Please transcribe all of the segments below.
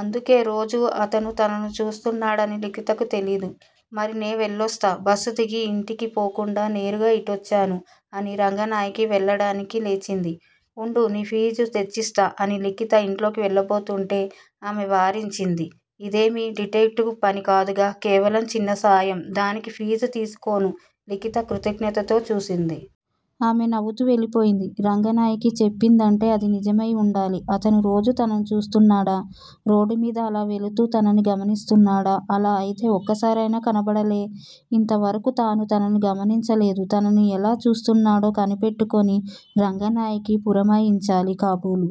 అందుకే రోజూ అతను తనను చూస్తున్నాడని లిఖితకు తెలీదు. మరి నే వెళ్ళొస్తా బస్సు దిగి ఇంటికి పోకుండా నేరుగా ఇటొచ్చాను అని రంగనాయకి వెళ్ళడానికి లేచింది. వుండు- నీ ఫీజు తెచ్చిస్తా అని లిఖిత ఇంట్లోకి వెళ్ళబోతుంటే ఆమె వారించింది. ఇదేమి డిటెక్టివ్ పని కాదుగా కేవలం చిన్న సాయం దానికి ఫీజు తీసుకోను లిఖిత కృతజ్ఞతతో చూసింది. ఆమె నవ్వుతూ వెళ్ళిపోయింది. రంగనాయకి చెప్పిందంటే అది నిజమై వుండాలి. అతను రోజూ తనను చూస్తున్నాడా? రోడ్డుమీద అలా వెళుతూ తనని గమనిస్తున్నాడా? అలా అయితే ఒకసారైనా కనబడాలే. ఇంతవరకు తాను అతనిని గమనించలేదు. తనను ఎలా చూస్తున్నాడో కనిపెట్టుకుని రంగనాయకి పురమాయించాలి కాబోలు.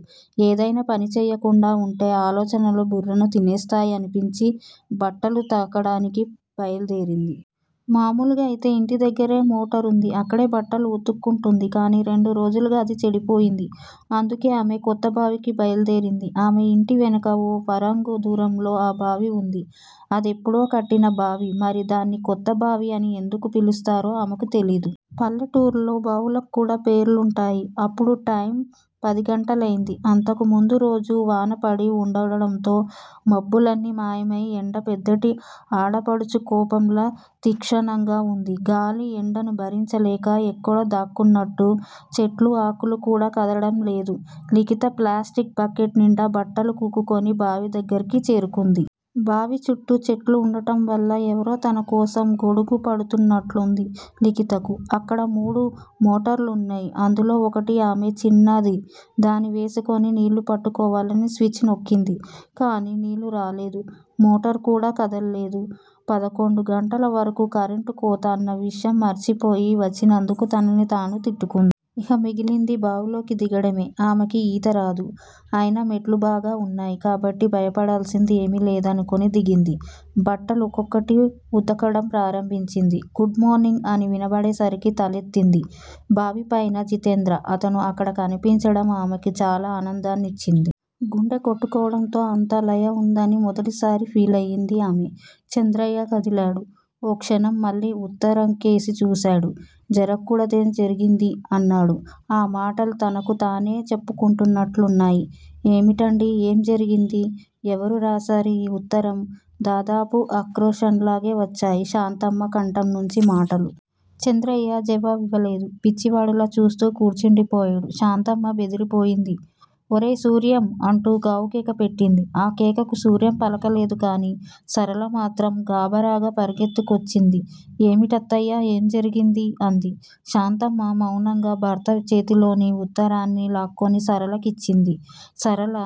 ఏదయినా పనిచేయకుండా వుంటే ఆలోచనలు బుర్రను తినేస్తాయనిపించి బట్టలుతకడానికి బయల్దేరింది. మామూలుగా అయితే ఇంటి దగ్గరే మోటరుంది. అక్కడే బట్టలు వుతుక్కుంటుంది. కానీ రెండు రోజులుగా అది చెడిపోయింది. అందుకే ఆమె కొత్తబావికి బయల్దేరింది. ఆమె ఇంటివెనక ఓ ఫర్లాంగు దూరంలో ఆ బావి వుంది. అదెప్పుడో కట్టిన బావి. మరి దాన్ని 'కొత్త బావి' అని ఎందుకు పిలుస్తారో ఆమెకు తెలీదు. పల్లెటూర్లలో బావులకు కూడా పేర్లుంటాయి. అప్పుడు టైమ్ పదిగంటలైంది. అంతకుముందు రోజు వానపడి వుండడంతో మబ్బులన్నీ మాయమై ఎండ పెద్దింటి ఆడపడుచు కోపంలా తీక్షణంగా వుంది. గాలి ఎండను భరించలేక ఎక్కడో దాక్కున్నట్టు చెట్ల ఆకులు కూడా కదలడం లేదు. లిఖిత ప్లాస్టిక్ బకెట్ నిండా బట్టలు కుక్కుకుని బావి దగ్గరికి చేరుకుంది. బావి చుట్టూ చెట్లు వుండడం వల్ల ఎవరో తనకోసం గొడుగు పడుతున్నట్టుంది లిఖితకు. అక్కడ మూడు మోటార్లున్నాయి. అందులో ఒకటి ఆమె చిన్నాన్నది. దాన్ని వేసుకుని నీళ్ళు పట్టుకోవాలని స్విచ్ నొక్కింది కానీ నీళ్ళు రాలేదు. మోటారు కూడా కదల్లేదు. పదకొండు గంటల వరకు కరెంటు కోత అన్న విషయం మరిచిపోయి వచ్చినందుకు తనని తాను తిట్టుకుంది. ఇహ మిగిలింది బావిలోకి దిగడమే. ఆమెకి ఈతరాదు. అయినా మెట్లు బాగా వున్నాయి కాబట్టి భయపడాల్సింది ఏమీ లేదనుకుని దిగింది. బట్టలు ఒక్కొక్కటి వుతకడం ప్రారంభించింది. గుడ్ మార్నింగ్ అని వినబడేసరికి తలెత్తింది. బావి పైన జితేంద్ర. అతను అక్కడ కనిపించడం ఆమెకి చాలా ఆనందాన్నిచ్చింది. గుండె కొట్టుకోవడంలో అంత లయ ఉందని మొదటిసారి ఫీలయ్యింది ఆమె. చంద్రయ్య కదిలాడు. ఓ క్షణం మళ్ళీ ఉత్తరంకేసి చూశాడు. జరగకూడందే జరిగింది! అన్నాడు. ఆ మాటలు తనకుతానే చెప్పుకుంటున్నట్లున్నాయి. ఏమిటండీ! ఏం జరిగింది? ఎవరు రాశారు ఆ ఉత్తరం? దాదాపు ఆక్రోశంలాగే వచ్చాయి శాంతమ్మ కంఠంనుంచి మాటలు. చంద్రయ్య జవాబివ్వలేదు. పిచ్చివాడిలా చూస్తూ కూర్చుండిపోయాడు. శాంతమ్మ బెదిరిపోయింది. ఒరే సూర్యం! అంటూ గావుకేక పెట్టింది. ఆ కేకకు సూర్యం పలకలేదుకాని సరళమాత్రం గాబరాగా పరుగెత్తుకొచ్చింది. ఏమిటత్తయ్యా, ఏం జరిగింది? అంది. శాంతమ్మ మౌనంగా భర్త చేతిలోని ఉత్తరాన్ని లాక్కొని సరళ కిచ్చింది. సరళ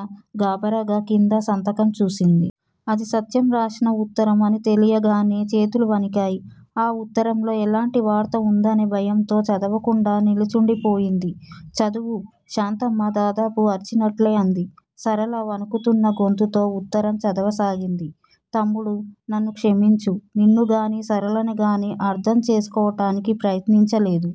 గాబరాగా కింద సంతకం చూసింది. అది సత్యం రాసిన ఉత్తరం అని తెలియగానే చేతులు వణికాయి. ఆ ఉత్తరంలో ఎలాంటి వార్త ఉందోననే భయంతో చదవకుండా నిల్చుండిపోయింది. చదువు! శాంతమ్మ దాదాపు అరిచినట్లే అంది. సరళ వణుకుతున్న గొంతుతో ఉత్తరం చదవసాగింది: తమ్ముడూ! నన్ను క్షమించు. నిన్నుగానీ, సరళనుగానీ అర్ధం చేసుకోవటానికి ప్రయత్నించలేదు.